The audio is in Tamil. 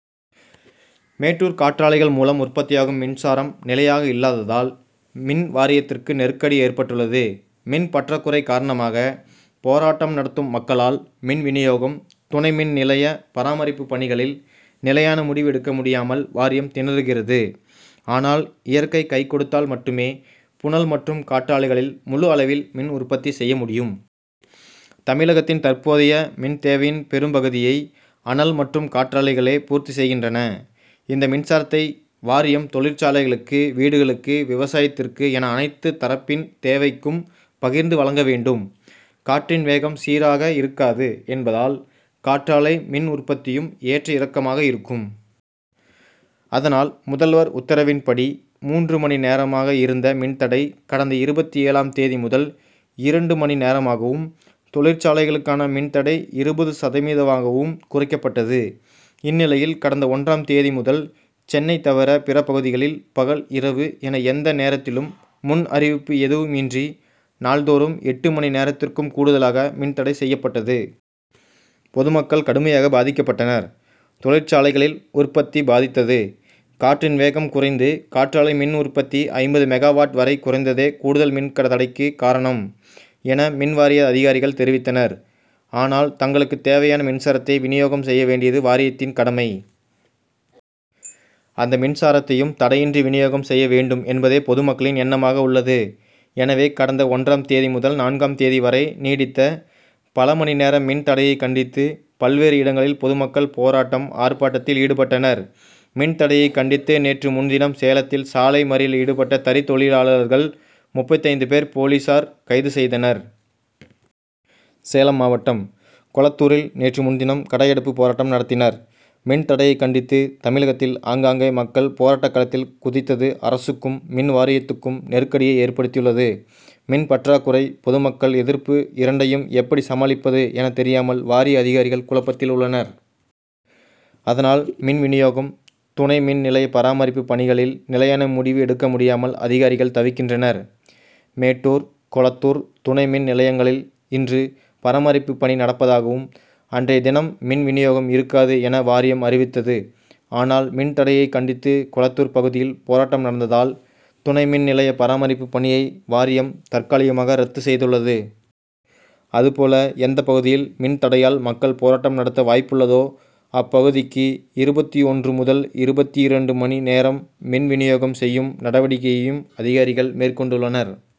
மேட்டூர் காற்றாலைகள் மூலம் உற்பத்தியாகும் மின்சாரம் நிலையாக இல்லாததால், மின் வாரியத்திற்கு நெருக்கடி ஏற்பட்டுள் ளது. மின் பற்றாக்குறை காரணமாக போராட்டம் நடத்தும் மக்களால் மின் வினியோகம், துணை மின் நிலைய பராமரிப்பு பணிகளில் நிலையான முடிவு எடுக்க முடியாமல் வாரியம் திணறுகிறது. ஆனால், இயற்கை கை கொடுத்தால் மட்டுமே புனல் மற்றும் காற்றாலைகளில் முழு அளவில் மின் உற்பத்தி செய்ய முடியும். தமிழகத்தின் தற்போதைய மின் தேவையின் பெரும் பகுதியை அனல் மற்றும் காற்றாலைகளே பூர்த்தி செய்கின்றன. இந்த மின்சாரத்தை வாரியம் தொழிற்சாலைகளுக்கு, வீடுகளுக்கு, விவசாயத்திற்கு என அனைத்து தரப்பின் தேவைக்கும் பகிர்ந்து வழங்க வேண்டும். காற்றின் வேகம் சீராக இருக்காது என்பதால், காற்றாலை மின் உற்பத்தியும் ஏற்ற இறக்கமாக இருக்கும். அதனால், முதல்வர் உத்தரவின்படி மூன்று மணி நேரமாக இருந்த மின் தடை கடந்த இருபத்தேழாம் தேதி முதல் இரண்டு மணி நேரமாகவும், தொழிற்சாலைகளுக்கான மின் தடை இருபது சதவீதமாகவும் குறைக்கப்பட்டது. இந்நிலையில், கடந்த ஒன்றாம் தேதி முதல், சென்னை தவிர பிற பகுதிகளில் பகல், இரவு என, எந்த நேரத்திலும் முன் அறிவிப்பு எதுவும் இன்றி நாள்தோறும் எட்டு மணி நேரத்திற்கும் கூடுதலாக மின் தடை செய்யப்பட்டது. பொதுமக்கள் கடுமையாக பாதிக்கப்பட்டனர். தொழிற்சாலைகளில் உற்பத்தி பாதித்தது. காற்றின் வேகம் குறைந்து காற்றாலை மின் உற்பத்தி ஐம்பது மெகா வாட் வரை குறைந்ததே கூடுதல் மின் தடைக்கு காரணம்' என, மின் வாரிய அதிகாரிகள் தெரிவித்தனர். ஆனால், தங்களுக்கு தேவையான மின்சாரத்தை வினியோகம் செய்ய வேண்டியது வாரியத்தின் கடமை. அந்த மின்சாரத்தையும் தடையின்றி வினியோகம் செய்ய வேண்டும்' என்பதே பொதுமக்களின் எண்ணமாக உள்ளது. எனவே, கடந்த ஒன்றாம் தேதி முதல் நான்காம் தேதி வரை நீடித்த பல மணி நேர மின் தடையைக் கண்டித்து, பல்வேறு இடங்களில் பொதுமக்கள் போராட்டம், ஆர்ப்பாட்டத்தில் ஈடுபட்டனர். மின் தடையைக் கண்டித்து நேற்று முன்தினம் சேலத்தில் சாலை மறியலில் ஈடுபட்ட தறி தொழிலாளர்கள் முப்பத்தைந்து பேரை, போலீசார் கைது செய்தனர். சேலம் மாவட்டம் கொளத்தூரில் நேற்று முன்தினம் கடையடைப்பு போராட்டம் நடத்தினர். மின் தடையை கண்டித்து தமிழகத்தில் ஆங்காங்கே மக்கள் போராட்டக் களத்தில் குதித்தது அரசுக்கும், மின் வாரியத்துக்கும் நெருக்கடியை ஏற்படுத்தியுள்ளது. மின் பற்றாக்குறை, பொதுமக்கள் எதிர்ப்பு இரண்டையும் எப்படி சமாளிப்பது என தெரியாமல் வாரிய அதிகாரிகள் குழப்பத்தில் உள்ளனர். அதனால், மின் வினியோகம், துணை மின் நிலைய பராமரிப்பு பணிகளில் நிலையான முடிவு எடுக்க முடியாமல் அதிகாரிகள் தவிக்கின்றனர். மேட்டூர், கொளத்தூர் துணை மின் நிலையங்களில் இன்று பராமரிப்பு பணி நடப்பதாகவும், அன்றைய தினம் மின் வினியோகம் இருக்காது' என வாரியம் அறிவித்தது. ஆனால், மின் தடையைக் கண்டித்து கொளத்தூர் பகுதியில் போராட்டம் நடந்ததால், துணை மின் நிலைய பராமரிப்பு பணியை வாரியம் தற்காலிகமாக ரத்து செய்துள்ளது. அதுபோல, எந்த பகுதியில் மின் தடையால் மக்கள் போராட்டம் நடத்த வாய்ப்புள்ளதோ அப்பகுதிக்கு இருபத்தொன்று முதல் இருபத்திரண்டு மணி நேரம் மின் வினியோகம் செய்யும் நடவடிக்கையையும் அதிகாரிகள் மேற்கொண்டுள்ளனர்.